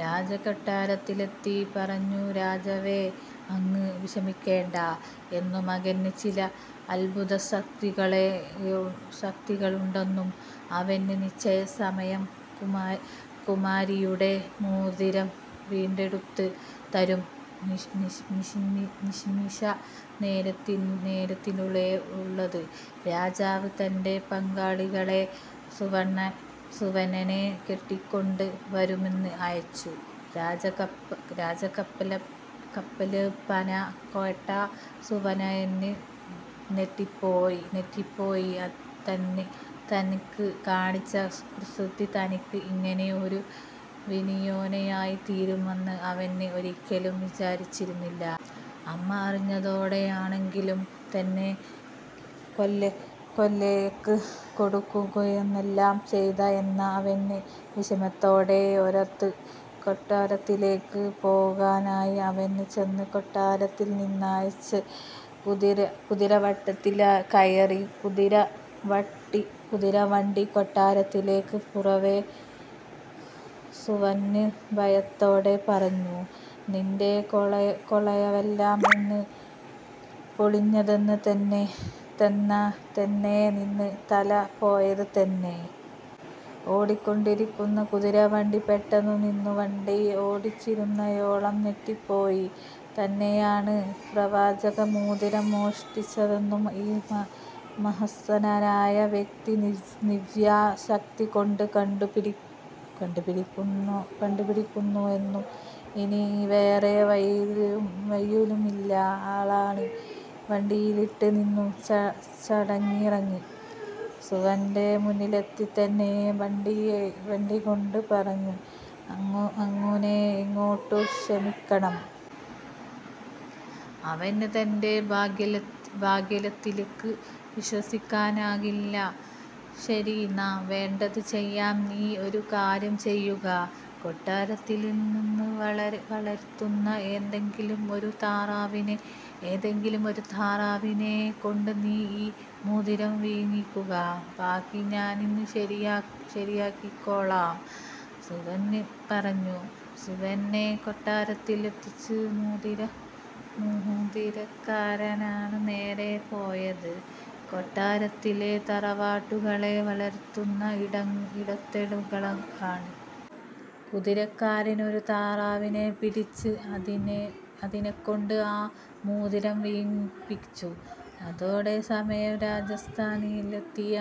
രാജകൊട്ടാരത്തിലെത്തി പറഞ്ഞു. "രാജാവേ, അങ്ങ് വിഷമിക്കേണ്ട. എന്റെ മകന് ചില അത്ഭുതസിദ്ധീകളൊക്കെയുണ്ട്. അവന് നിശ്ചയമായും കുമാരിയുടെ മോതിരം വീണ്ടെടുത്ത് തരും! " നിമിഷ നേരത്തിനുള്ളില് രാജാവ് തന്റെ പടയാളികളെ സുവാനെ കൂട്ടിക്കൊണ്ട് വരുവാന് അയച്ചു. രാജകല്പ്പന കേട്ട സുവാന് ഞെട്ടിപ്പോയി. താന് കാണിച്ച കുസൃതി തനിക്ക് ഇങ്ങനെ ഒരു വിനയായി തീരുമെന്ന് അവന് ഒരിയ്ക്കലും വിചാരിച്ചിരുന്നില്ല. അമ്മ അറിയാതെയാണെങ്കിലും തന്നെ കൊലയ്ക്ക് കൊടുക്കുകയാണല്ലോ ചെയ്തത് എന്ന് അവന് വിഷമത്തോടെ ഓര്ത്തു. കൊട്ടാരത്തിലേയ്ക്ക് പോകാനായി അവന് ചെന്ന് കൊട്ടാരത്തില് നിന്നായച്ച കുതിരവണ്ടിയില് കയറി. കുതിര വണ്ടി കൊട്ടാരത്തിലേയ്ക്ക് പായവേ, സുവാന് ഭയത്തോടെ പറഞ്ഞു. "നിന്റെ കളവെല്ലാം ഇന്ന് പൊളിഞ്ഞത് തന്നെ. നിന്റെ തല പോയത് തന്നെ! " ഓടിക്കൊണ്ടിരുന്ന കുതിരവണ്ടി പെട്ടെന്ന് നിന്നു. വണ്ടി ഓടിച്ചിരുന്നയാള് ഞെട്ടിപ്പോയി. താനാണ് വജ്രമോതിരം മോഷ്ടിച്ചതെന്ന് ഈ മഹാനായ വ്യക്തി ദിവ്യ ശക്തി കൊണ്ട് കണ്ടുപിടിച്ചിരിക്കുന്നു. ഇനി വേറെ വഴിയൊന്നുമില്ല. അയാള് വണ്ടിയില് നിന്നും ചാടിയിറങ്ങി സുവാന്റെ മുന്നിലെത്തി താണ് വണങ്ങിക്കൊണ്ട് പറഞ്ഞു. "അങ്ങുന്നെ, എന്നോടു ക്ഷമിക്കണം. അവന് തന്റെ ഭാഗ്യലത്തില് വിശ്വസിക്കാനായില്ല. "ശരി. നാം വേണ്ടത് ചെയ്യാം. നീ ഒരു കാര്യം ചെയ്യുക. കൊട്ടാരത്തില് വളര്ത്തുന്ന ഏതെങ്കിലും ഒരു താറാവിനെ കൊണ്ട് നീ ഈ മോതിരം വിഴുങ്ങിക്കുക. ബാക്കി ഞാന് ശരിയാക്കികൊള്ളാം. " സുവാന് പറഞ്ഞു. സുവാനെ കൊട്ടാരത്തിലെത്തിച്ച് കുതിരക്കാരന് നേരെ പോയത് കൊട്ടാരത്തിലെ താറാവുകളെ വളര്ത്തുന്ന ഇടത്തെക്കാണ്. കുതിരക്കാരന് ഒരു താറാവിനെ പിടിച്ച് അതിനെകൊണ്ട് ആ മോതിരം വിഴുങ്ങിപ്പിച്ചു. ഇതേ സമയം രാജസന്നിധിയിലെത്തിയ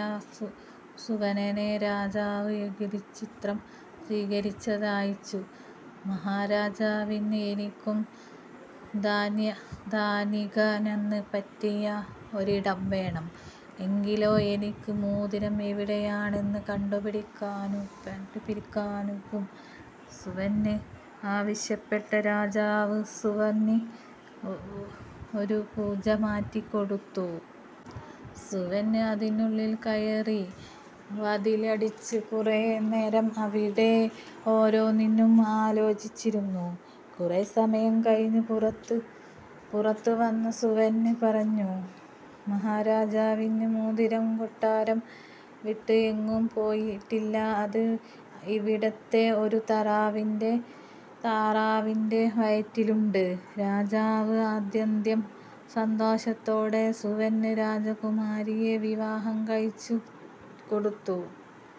സുവാനെ രാജാവ് യഥോചിതം സ്വീകരിച്ചാനയിച്ചു. "മഹാരാജന്, എനിക്കു ധ്യാനിക്കാന് പറ്റിയ ഒരിടം വേണം. എങ്കിലേ എനിക്ക് മോതിരം എവിടെയെന്ന് കണ്ടുപിടിക്കാനാകൂ" സുവാന് ആവശ്യപ്പെട്ടു. രാജാവ് സുവാന് ഒരു പൂജാ മുറി കൊടുത്തു. സുവാന് അതിനുള്ളില് കയറി വാതിലടച്ച് കുറെ നേരം അവിടെ ഓരോന്നും ആലോചിച്ചിരുന്നു. കുറെ സമയം കഴിഞ്ഞു പുറത്തു വന്ന സുവാന് പറഞ്ഞു. "മഹാരാജന്, മോതിരം കൊട്ടാരം വിട്ട് എങ്ങും പോയിട്ടില്ല. അത് ഇവിടത്തെ ഒരു താറാവിന്റെ വയറ്റിലുണ്ട്! " രാജാവ് അത്യന്തം സന്തോഷത്തോടെ സുവാന് രാജകുമാരിയെ വിവാഹം കഴിച്ചു കൊടുത്തു.